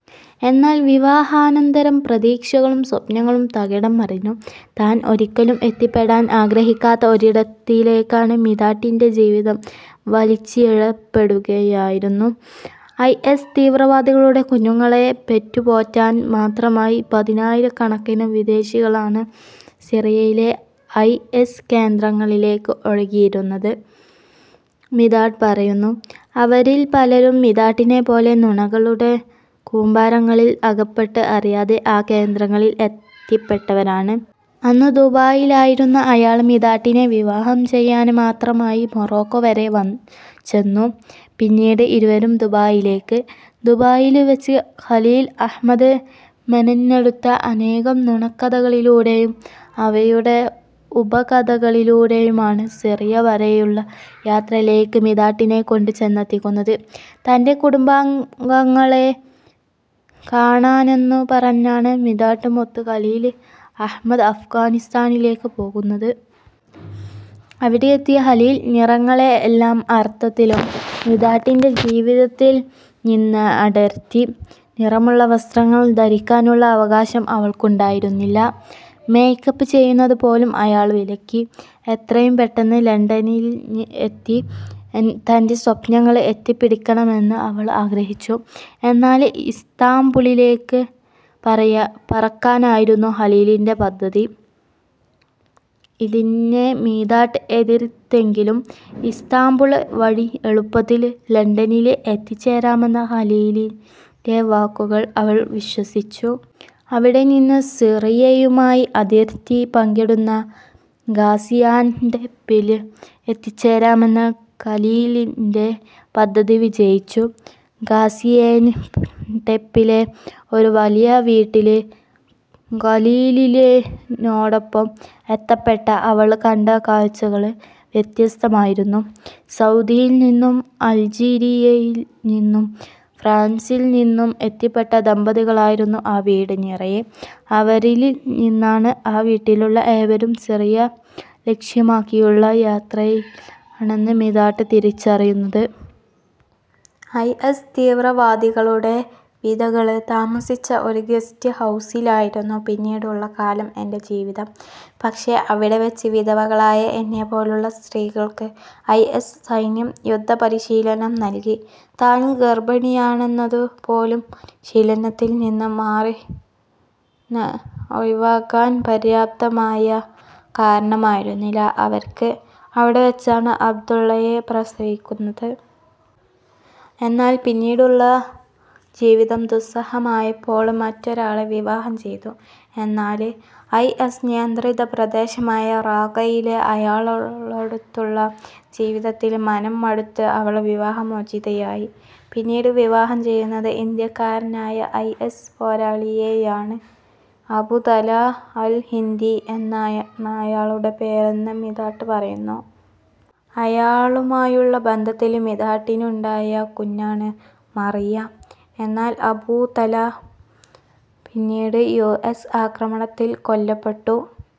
എന്നാല് വിവാഹാനന്തരം പ്രതീക്ഷകളും സ്വപ്നങ്ങളും തകിടം മറിഞ്ഞു. താന് ഒരിക്കലും എത്തിപ്പെടാന് ആഗ്രഹിക്കാത്ത ഒരിടത്തിലേക്ക് മിതാട്ടിന്റെ ജീവിതം വലിച്ചിഴയപ്പെടുകയായിരുന്നു. ഐ. എസ്. തീവ്രവാദികളുടെ കുഞ്ഞുങ്ങളെ പെറ്റു പോറ്റാന് മാത്രമായി പതിനായിരക്കണക്കിന് വിദേശികളാണ് സിറിയയിലെ ഐ. എസ്. കേന്ദ്രങ്ങളിലേക്ക് ഒഴുകിയിരുന്നത് മിതാട്ട് പറയുന്നു. അവരില് പലരും മിതാട്ടിനെപ്പോലെ നുണകളുടെ കൂമ്പാരങ്ങളില് അകപ്പെട്ട് അറിയാതെ ആ കേന്ദ്രങ്ങളില് എത്തപ്പെട്ടവരാണ്. അന്ന് ദുബായിലായിരുന്ന അയാള് മിതാട്ടിനെ വിവാഹം ചെയ്യാന് മാത്രമായി മൊറോക്ക വരെ ചെന്നു. പിന്നീട് ഇരുവരും ദുബായിലേക്ക്. ദുബായില് വെച്ച് ഖലീല് അഹമ്മദ് മെനഞ്ഞെടുത്ത അനേകം നുണക്കഥകളിലൂടെയും അവയുടെ ഉപകഥകളിലൂടെയുമാണ് സിറിയ വരെയുള്ള യാത്രയിലേക്ക് മിതാട്ടിനെ കൊണ്ട് ചെന്നെത്തിക്കുന്നത്. തന്റെ കുടുംബാംഗങ്ങളെ കാണാനെന്നു പറഞ്ഞാണ് മിതാട്ടുമൊത്ത് ഖലീല് അഹമ്മദ് അഫ്ഗാനിസ്ഥാനിലേക്ക് പോകുന്നത്. അവിടെയെത്തിയ ഖലീല് നിറങ്ങളെ എല്ലാ അര്ഥത്തിലും മിതാട്ടിന്റെ ജീവിതത്തില് നിന്നടര്ത്തി. നിറമുള്ള വസ്ത്രങ്ങള് ധരിക്കാനുള്ള അവകാശം അവള്ക്കുണ്ടായിരുന്നില്ല. മെയ്ക്കപ്പ് ചെയ്യുന്നത് പോലും അയാള് വിലക്കി. എത്രയും പെട്ടെന്ന് ലണ്ടനില് എത്തി തന്റെ സ്വപ്നങ്ങള് എത്തിപ്പിടിക്കണമെന്ന് അവള് ആഗ്രഹിച്ചു. എന്നാല് ഇസ്താംബുളിലേക്ക് പറക്കാനായിരുന്നു ഖലീലിന്റെ പദ്ധതി. ഇതിനെ മിതാട്ട് എതിര്ത്തെങ്കിലും ഇസ്താംബുള് വഴി എളുപ്പത്തില് ലണ്ടനില് എത്തിച്ചേരാമെന്ന ഖലീലിന്റെ വാക്കുകള് അവള് വിശ്വസിച്ചു. അവിടെ നിന്ന് സിറിയയുമായി അതിര്ത്തി പങ്കിടുന്ന ഗാസിയാന്ടെപ്പില് എത്തിച്ചേരാമെന്ന ഖലീലിന്റെ പദ്ധതി വിജയിച്ചു. ഗാസിയെന്ടെപ്പിലെ ഒരു വലിയ വീട്ടില് ഖലീലിലിനോടൊപ്പം എത്തപ്പെട്ട അവള് കണ്ട കാഴ്ച്ചകള് വ്യത്യസ്തമായിരുന്നു. സൗദിയില്നിന്നും അല്ജീരിയയില്നിന്നും ഫ്രാന്സില്നിന്നും എത്തിപ്പെട്ട ദമ്പതികളായിരുന്നു ആ വീട് നിറയെ. അവരില്നിന്നാണ് ആ വീട്ടിലുള്ള ഏവരും സിറിയ ലക്ഷ്യമാക്കിയുള്ള യാത്രയിലാണെന്ന് മിതാട്ട് തിരിച്ചറിയുന്നത്. ഐ. എസ്. തീവ്രവാദികളുടെ വിധവകള് താമസിച്ച ഒരു ഗസ്റ്റ് ഹൗസിലായിരുന്നു പിന്നീടുള്ള കാലം എന്റെ ജീവിതം. പക്ഷെ അവിടെ വെച്ച് വിധവകളായ എന്നെപ്പോലുള്ള സ്ത്രീകള്ക്ക് ഐ. എസ്. സൈന്യം യുദ്ധപരീശീലനം നല്കി. താന് ഗര്ഭിണിയാണെന്നതു പോലും പരിശീലനത്തില് നിന്ന് ഒഴിവാകാന് പര്യാപ്തമായ കാരണമായിരുന്നില്ല അവര്ക്ക്. അവിടെ വെച്ചാണ് അബ്ദുള്ളയെ പ്രസവിക്കുന്നത്. എന്നാല് പിന്നീടുള്ള ജീവിതം ദുസ്സഹമായപ്പോള് മറ്റൊരാളെ വിവാഹം ചെയ്തു. എന്നാല് ഐ. എസ്. നിയന്ത്രിത പ്രദേശമായ റാഖയിലെ അയാളോടൊത്തുള്ള ജീവിതത്തില് മനം മടുത്ത് അവള് വിവാഹ മോചിതയായി. പിന്നീട് വിവാഹം ചെയ്യുന്നത് ഇന്ത്യക്കാരനായ ഐ. എസ്. പോരാളിയെയാണ് അബു തലാ അല് ഹിന്ദി എന്നാണയാളുടെ പേരെന്ന് മിതാട്ട് പറയുന്നു. അയാളുമായുള്ള ബന്ധത്തില് മിതാട്ടിനുണ്ടായ കുഞ്ഞാണ് മറിയ. എന്നാല് അബു തലാ പിന്നീട് യു എസ് ആക്രമണത്തില് കൊല്ലപ്പെട്ടു.